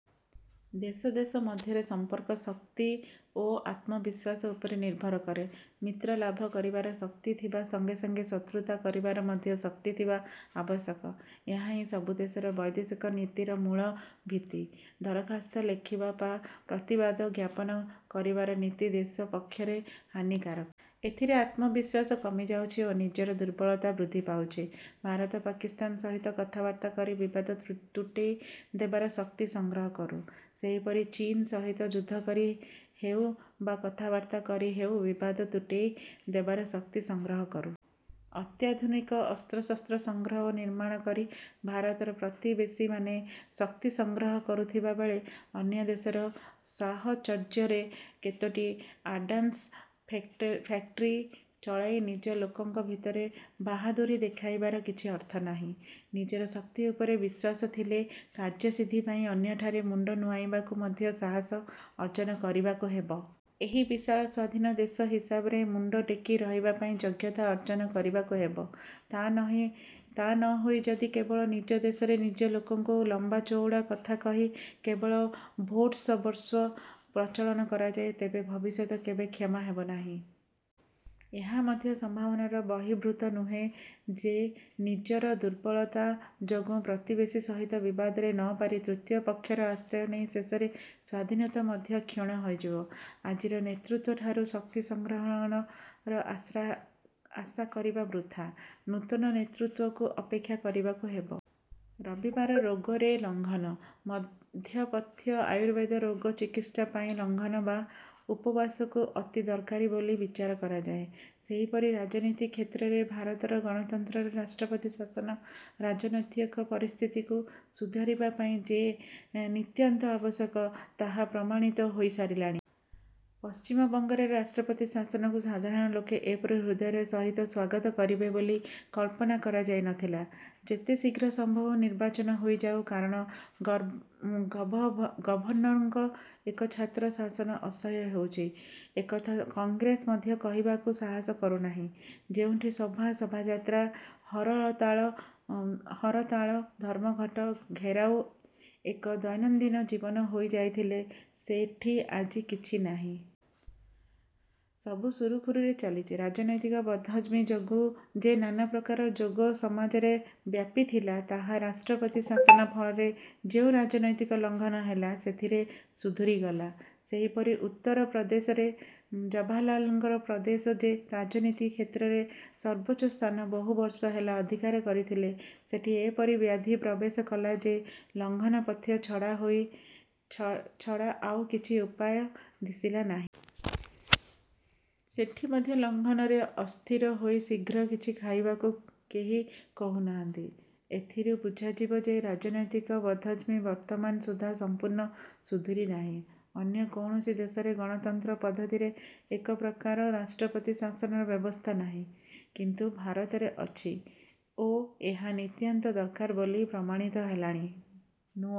ଦେଶ ଦେଶ ମଧ୍ୟରେ ସମ୍ପର୍କ, ଶକ୍ତି ଓ ଆତ୍ମବିଶ୍ୱାସ ଉପରେ ନିର୍ଭର କରେ। ମିତ୍ରଲାଭ କରିବାର ଶକ୍ତି ଥିବା ସଙ୍ଗେ ସଙ୍ଗେ ଶତ୍ରୁତା କରିବାର ମଧ୍ୟ ଶକ୍ତି ଥିବା ଆବଶ୍ୟକ। ଏହା ହିଁ ସବୁ ଦେଶର ବୈଦେଶିକ ନୀତିର ମୂଳଭିତ୍ତି। ଦରଖାସ୍ତ ଲେଖିବା ବା ପ୍ରତିବାଦ ଜ୍ଞାପନ କରିବାର ନୀତି ଦେଶ ପକ୍ଷରେ ହାନିକାରକ। ଏଥିରେ ଆତ୍ମବିଶ୍ୱାସ କମିଯାଉଛି ଓ ନିଜର ଦୁର୍ବଳତା ବୃଦ୍ଧି ପାଉଛି। ଭାରତ ପାକିସ୍ତାନ ସହିତ କଥାବାର୍ତ୍ତା କରି ବିବାଦ ତୁଟେଇ ଦେବାର ଶକ୍ତି ସଂଗ୍ରହ କରୁ-। ସେହିପରି ଚୀନ ସହିତ ଯୁଦ୍ଧ କରି ହେଉ ବା କଥାବାର୍ତ୍ତା କରି ହେଉ ବିବାଦ ତୁଟେଇ ଦେବାର ଶକ୍ତି ସଂଗ୍ରହ କରୁ। ଅତ୍ୟାଧୁନିକ ଅସ୍ତ୍ରଶସ୍ତ୍ର ସଂଗ୍ରହ ଓ ନିର୍ମାଣ କରି ଭାରତର ପ୍ରତିବେଶୀମାନେ ଶକ୍ତି ସଂଗ୍ରହ କରୁଥିବାବେଳେ, ଅନ୍ୟ ଦେଶର ସାହଚର୍ଯ୍ୟରେ କେତୋଟି ଅର୍ଡ଼ାନ୍ସ ଫେକ୍ଟରି ଚଳାଇ ନିଜ ଲୋକଙ୍କ ଭିତରେ ବାହାଦୂରୀ ଦେଖାଇବାର କିଛି ଅର୍ଥ ନାହିଁ। ନିଜର ଶକ୍ତି ଉପରେ ବିଶ୍ୱାସ ଥିଲେ କାର୍ଯ୍ୟସିଦ୍ଧି ପାଇଁ ଅନ୍ୟଠାରେ ମୁଣ୍ଡ ନୁଆଁଇବାକୁ ମଧ୍ୟ ସାହସ ଅର୍ଜ୍ଜନ କରିବାକୁ ହେବ। ଏକ ବିଶାଳ ସ୍ୱାଧୀନ ଦେଶ ହିସାବରେ ମୁଣ୍ଡ ଟେକି ରହିବାପାଇଁ ଯୋଗ୍ୟତା ଅର୍ଜ୍ଜନ କରିବାକୁ ହେବ। ତା' ନ ହୋଇ ଯଦି କେବଳ ନିଜ ଦେଶରେ ନିଜ ଲୋକକୁ ଲମ୍ବା ଚୌଡ଼ା କଥା କହି କେବଳ ଭୋଟସର୍ବସ୍ୱ ପ୍ରଚଳନ କରାଯାଏ, ତେବେ ଭବିଷ୍ୟତ କେବେ କ୍ଷମା ଦେବନାହିଁ-। ଏହା ମଧ୍ୟ ସମ୍ଭାବନାର ବହିର୍ଭୂତ ନୁହେଁ ଯେ ନିଜର ଦୁର୍ବଳତା ଯୋଗୁଁ ପ୍ରତିବେଶୀ ସହିତ ବିବାଦରେ ନପାରି ତୃତୀୟ ପକ୍ଷର ଆଶ୍ରୟ ନେଇ ଶେଷରେ ସ୍ୱାଧୀନତା ମଧ୍ୟ କ୍ଷୁଣ୍ଣ ହୋଇଯିବ-। ଆଜିର ନେତୃତ୍ୱଠାରୁ ଶକ୍ତି ସଂଗ୍ରହର ଆଶା କରିବା ବୃଥା। ନୂତନ ନେତୃତ୍ୱକୁ ଅପେକ୍ଷା କରିବାକୁ ହେବ-। ରବିବାର ରୋଗରେ ଲଙ୍ଘନ। ମଧ୍ୟ ପଥ୍ୟ ଆୟୁର୍ବେଦରେ ରୋଗ ଚିକିତ୍ସା ପାଇଁ ଲଂଘନ ବା ଉପବାସକୁ ଅତି ଦରକାରୀ ବୋଲି ବିଚାର କରାଯାଏ। ସେହିପରି ରାଜନୀତି କ୍ଷେତ୍ରରେ ଭାରତର ଗଣତନ୍ତ୍ରରେ ରାଷ୍ଟ୍ରପତି ଶାସନ ରାଜନୈତିକ ପରିସ୍ଥିତିକୁ ସୁଧାରିବାପାଇଁ ଯେ ନିତାନ୍ତ ଆବଶ୍ୟକ, ତାହା ପ୍ରମାଣିତ ହୋଇସାରିଲାଣି-। ପଶ୍ଚିମବଙ୍ଗରେ ରାଷ୍ଟ୍ରପତି ଶାସନକୁ ସାଧାରଣ ଲୋକେ ଏପରି ହୃଦୟର ସହିତ ସ୍ୱାଗତ କରିବେ ବୋଲି କଳ୍ପନା କରାଯାଇନଥିଲା। ଯେତେ ଶୀଘ୍ର ସମ୍ଭବ ନିର୍ବାଚନ ହୋଇଯାଉ; କାରଣ ଗଭର୍ଣ୍ଣରଙ୍କ ଏକଛତ୍ର ଶାସନ ଅସହ୍ୟ ହେଉଛି, ଏକଥା କଂଗ୍ରେସ ମଧ୍ୟ କହିବାକୁ ସାହସ କରୁନାହିଁ-। ଯେଉଁଠି ସଭା, ଶୋଭାଯାତ୍ରା, ହରତାଳ, ଧର୍ମଘଟ, ଘେରାଉ ଏକ ଦୈନନ୍ଦିନ ଜୀବନ ହୋଇଯାଇଥିଲା, ସେଠି ଆଜି କିଛି ନାହିଁ। ସବୁ ସୁରୁଖୁରୁରେ ଚାଲିଛି। ରାଜନୈତିକ ବଦ୍ହଜମି ଯୋଗୁ ଯେ ନାନାପ୍ରକାର ରୋଗ ସମାଜରେ ବ୍ୟାପିଥିଲା, ତାହା ରାଷ୍ଟ୍ରପତି ଶାସନ ଫଳରେ ଯେଉଁ ରାଜନୈତିକ ଲଂଘନ ହେଲା, ସେଥିରେ ସୁଧୁରିଗଲା। ସେହିପରି ଉତ୍ତର ପ୍ରଦେଶରେ-। ଜବାହରଲାଲଙ୍କ ପ୍ରଦେଶ ଯେ ରାଜନୀତି କ୍ଷେତ୍ରରେ ସର୍ବୋଚ୍ଚ ସ୍ଥାନ ବହୁ ବର୍ଷ ହେଲା ଅଧିକାର କରିଥିଲା, ସେଠି ଏପରି ବ୍ୟାଧି ପ୍ରବେଶ କଲା ଯେ ଲଂଘନ ପଥ୍ୟ ଛଡ଼ା ଆଉ କିଛି ଉପାୟ ଦିଶିଲା ନାହିଁ। ସେଠି ମଧ୍ୟ ଲଂଘନରେ ଅସ୍ଥିର ହୋଇ ଶୀଘ୍ର କିଛି ଖାଇବାକୁ କେହି କହୁନାହାନ୍ତି। ଏଥିରୁ ବୁଝାଯିବ ଯେ ରାଜନୈତିକ ବଦ୍ହଜମି ବର୍ତ୍ତମାନ ସୁଦ୍ଧା ସଂପୂର୍ଣ୍ଣ ସୁଧୁରିନାହିଁ। ଅନ୍ୟ କୌଣସି ଦେଶରେ ଗଣତନ୍ତ୍ର ପଦ୍ଧତିରେ ଏପ୍ରକାର ରାଷ୍ଟ୍ରପତି ଶାସନର ବ୍ୟବସ୍ଥା ନାହିଁ; କିନ୍ତୁ ଭାରତରେ ଅଛି ଓ ଏହା ନିତାନ୍ତ ଦରକାର ବୋଲି ପ୍ରମାଣିତ ହେଲାଣି। ନୂଆ